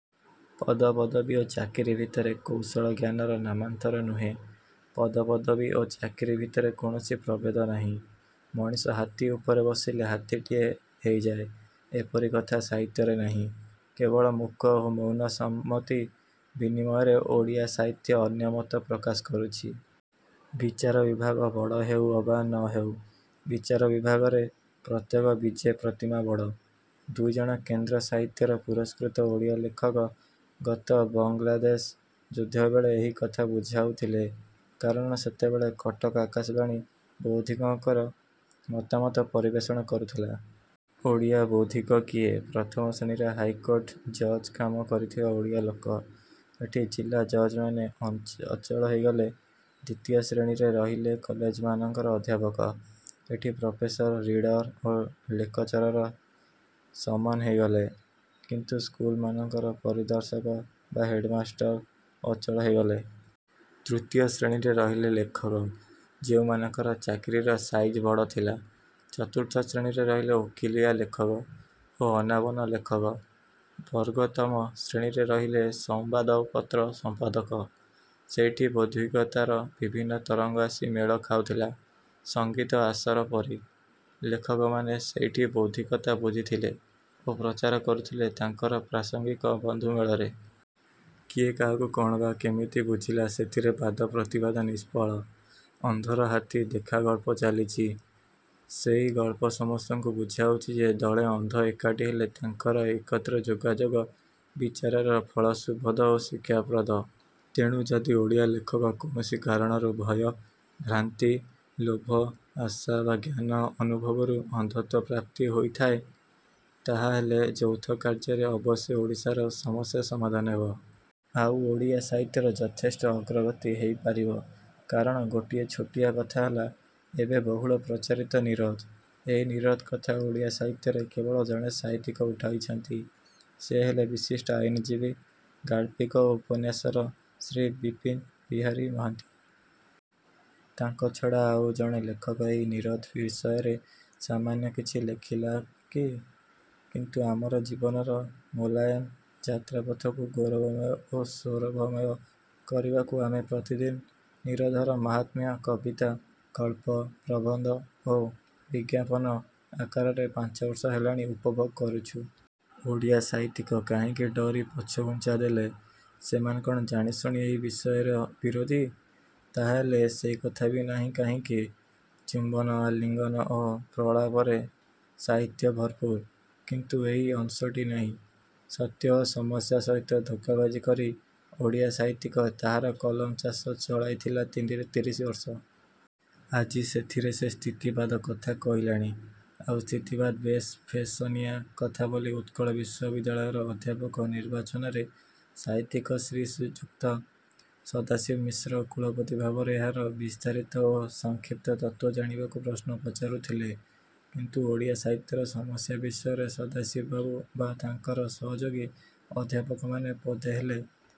ପଦ ପଦବୀ ଓ ଚାକିରି ଭିତରେ କୌଶଳ ଜ୍ଞାନର ନାମାନ୍ତର ନୁହେଁ। ପଦ ପଦବୀ ଓ ଚାକିରି ଭିତରେ କୌଣସି ପ୍ରଭେଦ ନାହିଁ। ମଣିଷ ହାତୀ ଉପରେ ବସିଲେ ହାତୀଟିଏ ହେଇଯାଏ ଏପରି କଥା ସାହିତ୍ୟରେ ନାହିଁ। କେବଳ ମୂକ ଓ ମୌନ ସମ୍ମତି ବିନିମୟରେ ଓଡ଼ିଆ ସାହିତ୍ୟ ଅନ୍ୟ ମତ ପ୍ରକାଶ କରୁଛି। ବିଚାର ବିଭାଗ ବଡ଼ ହେଉ ଅବା ନ ହେଉ ବିଚାର ବିଭାଗରେ ପ୍ରତ୍ୟେକ ବିଜେ ପ୍ରତିମା ବଡ଼। ଦୁଇଜଣ କେନ୍ଦ୍ର ସାହିତ୍ୟର ପୁରସ୍କୃତ ଓଡ଼ିଆ ଲେଖକ ଗତ ବାଙ୍ଗଲାଦେଶ ଯୁଦ୍ଧବେଳେ ଏହି କଥା ବୁଝାଉଥିଲେ। କାରଣ ସେତେବେଳେ କଟକ ଆକାଶବାଣୀ ବୌଦ୍ଧିକଙ୍କର ମତାମତ ପରିବେଷଣ କରୁଥିଲା। ଓଡ଼ିଆ ବୌଦ୍ଧିକ କିଏ? ପ୍ରଥମ ଶ୍ରେଣୀରେ ହାଇକୋଟର ଜଜ୍ କାମ କରିଥିବା ଓଡ଼ିଆ ଲୋକ। ଏଠି ଜିଲା ଜଜ୍ମାନେ ଅଚଳ ହେଇଗଲେ। ଦ୍ୱିତୀୟ ଶ୍ରେଣୀରେ ରହିଲେ କଲେଜମାନଙ୍କର ଅଧ୍ୟାପକ। ଏଠି ପ୍ରଫେସର, ରିଡ଼ର ଓ ଲେକଚରର ସମାନ ହେଇଗଲେ। କିନ୍ତୁ ସ୍କୁଲମାନଙ୍କର ପରିଦର୍ଶକ ବା ହେଡ଼ମାଷ୍ଟର ଅଚଳ ହେଇଗଲେ। ତୃତୀୟ ଶ୍ରେଣୀରେ ରହିଲେ ଲେଖକ-ଯେଉଁମାନଙ୍କର ଚାକିରିର ସାଇଜ ବଡ଼ ଥିଲା। ଚତୁର୍ଥ ଶ୍ରେଣୀରେ ରହିଲେ ଓକିଲିଆ ଲେଖକ ଓ ଅନାବନା ଲେଖକ। ବର୍ଗୋତ୍ତମ ଶ୍ରେଣୀରେ ରହିଲେ ସଂବାଦପତ୍ର ସଂପାଦକ। ସେଇଠି ବୌଦ୍ଧିକତାର ବିଭିନ୍ନ ତରଙ୍ଗ ଆସି ମେଳ ଖାଉଥିଲା-ସଙ୍ଗୀତ ଆସର ପରି। ଲେଖକମାନେ ସେଇଠି ବୌଦ୍ଧିକତା ବୁଝିଥିଲେ ଓ ପ୍ରଚାର କରୁଥିଲେ ତାଙ୍କର ପ୍ରାସଙ୍ଗିକ ବନ୍ଧୁମେଳରେ। କିଏ କାହାକୁ କ'ଣ ବା କେମିତି ବୁଝିଲା-ସେଥିରେ ବାଦ ପ୍ରତିବାଦ ନିଷ୍ଫଳ। ଅନ୍ଧର ହାତୀ ଦେଖା ଗଳ୍ପ ଚାଲିଛି। ସେଇ ଗଳ୍ପ ସମସ୍ତଙ୍କୁ ବୁଝାଉଛି ଯେ ଦଳେ ଅନ୍ଧ ଏକାଠି ହେଲେ ତାଙ୍କର ଏକତ୍ର ଯୋଗାଯୋଗ ବିଚାରର ଫଳ ଶୁଭଦ ଓ ଶିକ୍ଷାପ୍ରଦ। ତେଣୁ ଯଦି ଓଡ଼ିଆ ଲେଖକ କୌଣସି କାରଣରୁ-ଭୟ, ଭ୍ରାନ୍ତି, ଲୋଭ, ଆଶା ବା ଜ୍ଞାନ ଅନୁଭବରୁ ଅନ୍ଧତ୍ୱ ପ୍ରାପ୍ତି ହୋଇଥାଏ ତାହାହେଲେ ଯୌଥ କାର୍ଯ୍ୟରେ ଅବଶ୍ୟ ଓଡ଼ିଶାର ସମସ୍ୟା ସମାଧାନ ହେବ। ଆଉ ଓଡ଼ିଆ ସାହିତ୍ୟର ଯଥେଷ୍ଟ ଅଗ୍ରଗତି ହେଇପାରିବ। କାରଣ ଗୋଟିଏ ଛୋଟିଆ କଥା ହେଲା-ଏବେ ବହୁଳ ପ୍ରଚାରିତ ନିରୋଧ। ଏହି ନିରୋଧ କଥା ଓଡ଼ିଆ ସାହିତ୍ୟରେ କେବଳ ଜଣେ ସାହିତ୍ୟିକ ଉଠାଇଛନ୍ତି-ସେ ହେଲେ ବିଶିଷ୍ଟ ଆଇନଜୀବୀ ଗାଳ୍ପିକ ଓ ଉପନ୍ୟାସକାର ଶ୍ରୀ ବିପିନ ବିହାରୀ ମହାନ୍ତି। ତାଙ୍କ ଛଡ଼ା ଆଉ ଜଣେ ଲେଖକ ଏହି ନିରୋଧ ବିଷୟରେ ସାମାନ୍ୟ କିଛି ଲେଖିଲା କି? କିନ୍ତୁ ଆମର ଜୀବନର ମୋଲାଏମ୍ ଯାତ୍ରାପଥକୁ ଗୌରବମୟ ଓ ସୌରଭମୟ କରିବାକୁ ଆମେ ପ୍ରତିଦିନ ନିରୋଧର ମାହାତ୍ମ୍ୟ କବିତା, ଗଳ୍ପ, ପ୍ରବନ୍ଧ ଓ ବିଜ୍ଞାପନ ଆକାରରେ ପାଞ୍ଚବର୍ଷ ହେଲାଣି ଉପଭୋଗ କରୁଛୁ। ଓଡ଼ିଆ ସାହିତ୍ୟିକ କାହିଁକି ଡରି ପଛଘୁଞ୍ଚା ଦେଲେ? ସେମାନେ କ'ଣ ଜାଣିଶୁଣି ଏହି ବିଷୟର ବିରୋଧୀ। ତାହାହେଲେ ସେଇକଥା ବି ନାହିଁ କାହିଁକି? ଚୁମ୍ବନ, ଆଲିଙ୍ଗନ ଓ ପ୍ରଳାପରେ ସାହିତ୍ୟ ଭରପୁର। କିନ୍ତୁ ଏହି ଅଂଶଟି ନାହିଁ। ସତ୍ୟ ଓ ସମସ୍ୟା ସହିତ ଧୋକାବାଜି କରି ଓଡ଼ିଆ ସାହିତ୍ୟିକ ତାହାର କଲମ ଚାଷ ଚଳାଇଥିଲା ତିରିଶିବର୍ଷ। ଆଜି ସେଥିରେ ସେ ସ୍ଥିତିବାଦ କଥା କହିଲାଣି। ଆଉ ସ୍ଥିତିବାଦ ବେଶ୍ ଫେସନିଆ କଥାବୋଲି ଉତ୍କଳ ବିଶ୍ୱବିଦ୍ୟାଳୟର ଅଧ୍ୟାପକ ନିର୍ବାଚନରେ ସାହିତ୍ୟିକ ଶ୍ରୀଯୁକ୍ତ ସଦାଶିବ ମିଶ୍ର କୁଳପତି ଭାବରେ ଏହାର ବିସ୍ତାରିତ ଓ ସଂକ୍ଷିପ୍ତ ତତ୍ତ୍ୱ ଜାଣିବାକୁ ପ୍ରଶ୍ନ ପଚାରୁଥିଲେ-। କିନ୍ତୁ ଓଡ଼ିଆ ସାହିତ୍ୟର ସମସ୍ୟା ବିଷୟରେ ସଦାଶିବବାବୁ ବା ତାଙ୍କାର ସହଯୋଗୀ ଅଧ୍ୟାପକମାନେ ପଦେ ହେଲେ